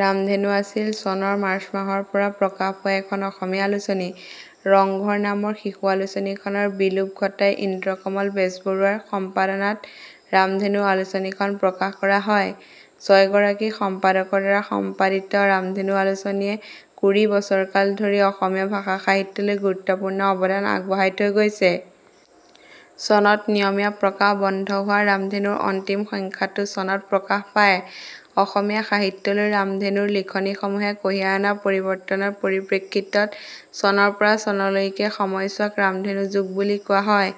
ৰামধেনু আছিল চনৰ মাৰ্চ মাহৰ পৰা প্ৰকাশ পোৱা এখন অসমীয়া আলোচনী। ৰংঘৰ নামৰ শিশু আলোচনীখনৰ বিলোপ ঘটাই ইন্দ্ৰকমল বেজবৰুৱাৰ সম্পাদনাত ৰামধেনু আলোচনীখন প্ৰকাশ কৰা হয়। ছয়গৰাকী সম্পাদকৰ দ্বাৰা সম্পাদিত ৰামধেনু আলোচনীয়ে কুৰি বছৰকাল ধৰি অসমীয়া ভাষা-সাহিত্যলৈ গুৰুত্বপূৰ্ণ অৱদান আগবঢ়াই থৈ গৈছে। চনত নিয়মীয়া প্ৰকাশ বন্ধ হোৱা ৰামধেনুৰ অন্তিম সংখ্যাটো চনত প্ৰকাশ পায়। অসমীয়া সাহিত্যলৈ ৰামধেনুৰ লিখনি সমূহে কঢ়িয়াই অনা পৰিৱৰ্তনৰ পৰিপ্ৰেক্ষিতত চনৰ পৰা চনলৈকে সময়ছোৱাক ৰামধেনু যুগ বুলি কোৱা হয়।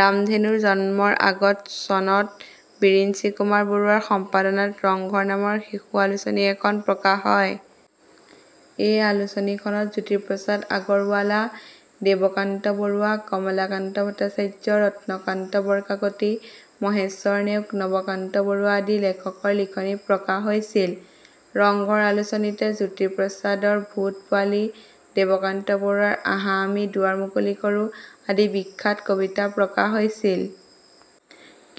ৰামধেনুৰ জন্মৰ আগত চনত বিৰিঞ্চি কুমাৰ বৰুৱা ৰ সম্পাদনাত ৰংঘৰ নামৰ শিশু আলোচনী এখন প্ৰকাশ হয়। এই আলোচনীখনত জ্যোতিপ্ৰসাদ আগৰৱালা, দেৱকান্ত বৰুৱা, কমলাকান্ত ভট্টাচাৰ্য, ৰত্নকান্ত বৰকাকতী, মহেশ্বৰ নেওগ, নৱকান্ত বৰুৱা আদি লেখকৰ লিখনি প্ৰকাশ হৈছিল। ৰংঘৰ আলোচনীতে জ্যোতিপ্ৰসাদৰ ভূত পোৱালি, দেৱকান্ত বৰুৱাৰ আহা আমি দুৱাৰ মুকলি কৰোঁ আদি বিখ্যাত কবিতা প্ৰকাশ হৈছিল।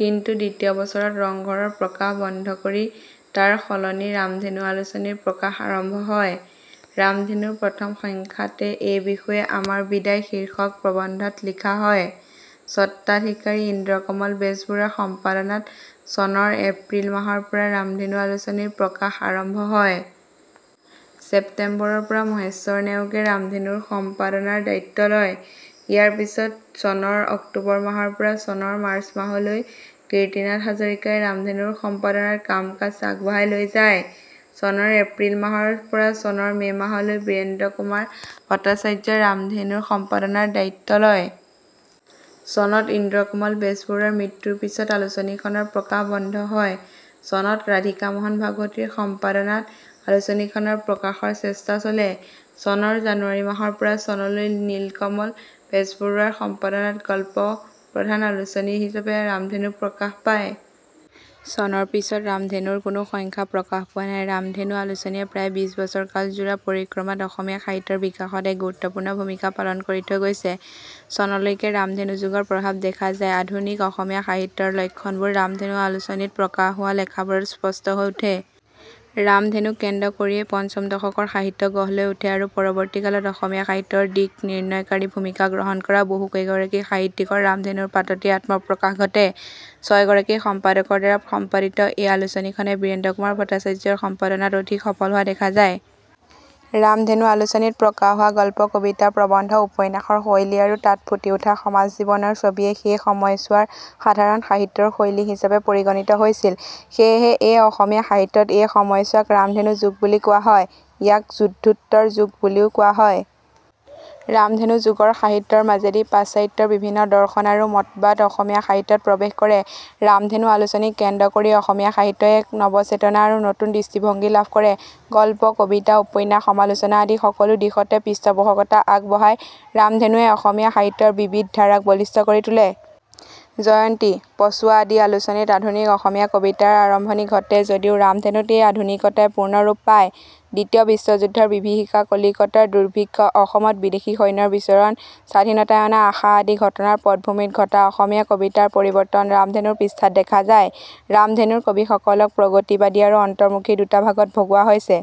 কিন্তু দ্বিতীয় বছৰত ৰংঘৰৰ প্ৰকাশ বন্ধ কৰি তাৰ সলনি ৰামধেনু আলোচনীৰ প্ৰকাশ আৰম্ভ হয়। ৰামধেনুৰ প্ৰথম সংখ্যাতে এই বিষয়ে আমাৰ বিদায় শীৰ্ষক প্ৰবন্ধত লিখা হয়– স্বত্বাধিকাৰী ইন্দ্ৰকমল বেজবৰুৱাৰ সম্পাদনাত চনৰ এপ্ৰিল মাহৰ পৰা ৰামধেনু আলোচনীৰ প্ৰকাশ আৰম্ভ হয়। ছেপ্তেম্বৰ, ৰ পৰা মহেশ্বৰ নেওগে ৰামধেনুৰ সম্পাদনাৰ দ্বায়িত্ব লয়। ইয়াৰ পিছত চনৰ অক্টোবৰ মাহৰ পৰা চনৰ মাৰ্চ মাহলৈ কীৰ্তিনাথ হাজৰিকা ই ৰামধেনুৰ সম্পাদনাৰ কাম-কাজ আগবঢ়াই লৈ যায়। চনৰ এপ্ৰিল মাহৰ পৰা চনৰ মে' মাহলৈ বীৰেন্দ্ৰ কুমাৰ ভট্টাচাৰ্য ই ৰামধেনুৰ সম্পাদনাৰ দায়িত্ব লয়। চনত ইন্দ্ৰকমল বেজবৰুৱাৰ মৃত্যুৰ পিছত আলোচনীখনৰ প্ৰকাশ বন্ধ হয়। চনত ৰাধিকামোহন ভাগৱতী ৰ সম্পাদনাত আলোচনীখনৰ প্ৰকাশৰ চেষ্টা চলে। চনৰ জানুৱাৰী মাহৰ পৰা চনলৈ নীলকমল বেজবৰুৱাৰ সম্পাদনাত গল্প প্ৰধান আলোচনী হিচাপে ৰামধেনু প্ৰকাশ পায়। চনৰ পিছত ৰামধেনুৰ কোনো সংখ্যা প্ৰকাশ পোৱা নাই। ৰামধেনু আলোচনীয়ে প্ৰায় বিশ বছৰকাল যোৰা পৰিক্ৰমাত অসমীয়া সাহিত্য ৰ বিকাশত এক গুৰুত্বপূৰ্ণ ভূমিকা পালন কৰি থৈ গৈছে। চনলৈকে ৰামধেনু যুগৰ প্ৰভাৱ দেখা যায়। আধুনিক অসমীয়া সাহিত্যৰ লক্ষণবোৰ ৰামধেনু আলোচনীত প্ৰকাশ হোৱা লেখাবোৰত স্পষ্ট হৈ উঠে। ৰামধেনুক কেন্দ্ৰ কৰিয়েই পঞ্চম দশকৰ সাহিত্য গঢ় লৈ উঠে আৰু পৰৱৰ্তীকালত অসমীয়া সাহিত্যৰ দিক-নিৰ্ণয়কাৰী ভূমিকা গ্ৰহণ কৰা বহুকেইগৰাকী সাহিত্যিকৰ ৰামধেনুৰ পাততেই আত্মপ্ৰকাশ ঘটে। ছয়গৰাকী সম্পাদকৰ দ্বাৰা সম্পাদিত এই আলোচনীখনে বীৰেন্দ্ৰ কুমাৰ ভট্টাচাৰ্য ৰ সম্পাদনাত অধিক সফল হোৱা দেখা যায়। ৰামধেনু আলোচনীত প্ৰকাশ হোৱা গল্প-কবিতা-প্ৰবন্ধ-উপন্যাসৰ শৈলী আৰু তাত ফুটি উঠা সমাজ-জীৱনৰ ছবিয়ে সেই সময়ছোৱাৰ সাধাৰণ সাহিত্যৰ শৈলী হিচাপে পৰিগণিত হৈছিল। সেয়েহে এই অসমীয়া সাহিত্যত এই সময়ছোৱাক ৰামধেনু যুগ বুলি কোৱা হয়। ইয়াক যুদ্ধোত্তৰ যুগ বুলিও কোৱা হয়। ৰামধেনু যুগৰ সাহিত্যৰ মাজেদি পাশ্চাত্যৰ বিভিন্ন দৰ্শন আৰু মতবাদ অসমীয়া সাহিত্যত প্ৰৱেশ কৰে। ৰামধেনু আলোচনীক কেন্দ্ৰ কৰি অসমীয়া সাহিত্যই এক নৱচেতনা আৰু নতুন দৃষ্টিভংগী লাভ কৰে। গল্প, কবিতা, উপন্যাস, সমালোচনা আদি সকলো দিশতে পৃষ্ঠপোষকতা আগবঢ়াই ৰামধেনুৱে অসমীয়া সাহিত্যৰ বিবিধ ধাৰাক বলিষ্ঠ কৰি তোলে। জয়ন্তী, পছোৱা আদি আলোচনীত আধুনিক অসমীয়া কবিতাৰ আৰম্ভণি ঘটে যদিও ৰামধেনুত এই আধুনিকতাই পূৰ্ণ ৰূপ পায়। দ্বিতীয় বিশ্বযুদ্ধ ৰ বিভীষিকা, কলিকতাৰ দুৰ্ভিক্ষ, অসমত বিদেশী সৈন্যৰ বিচৰণ, স্বাধীনতাই অনা আশা আদি ঘটনাৰ পটভূমিত ঘটা অসমীয়া কবিতাৰ পৰিৱৰ্তন ৰামধেনুৰ পৃষ্ঠাত দেখা যায়। ৰামধেনুৰ কবিসকলক প্ৰগতিবাদী আৰু অন্তৰ্মুখী দুটা ভাগত ভগোৱা হৈছে।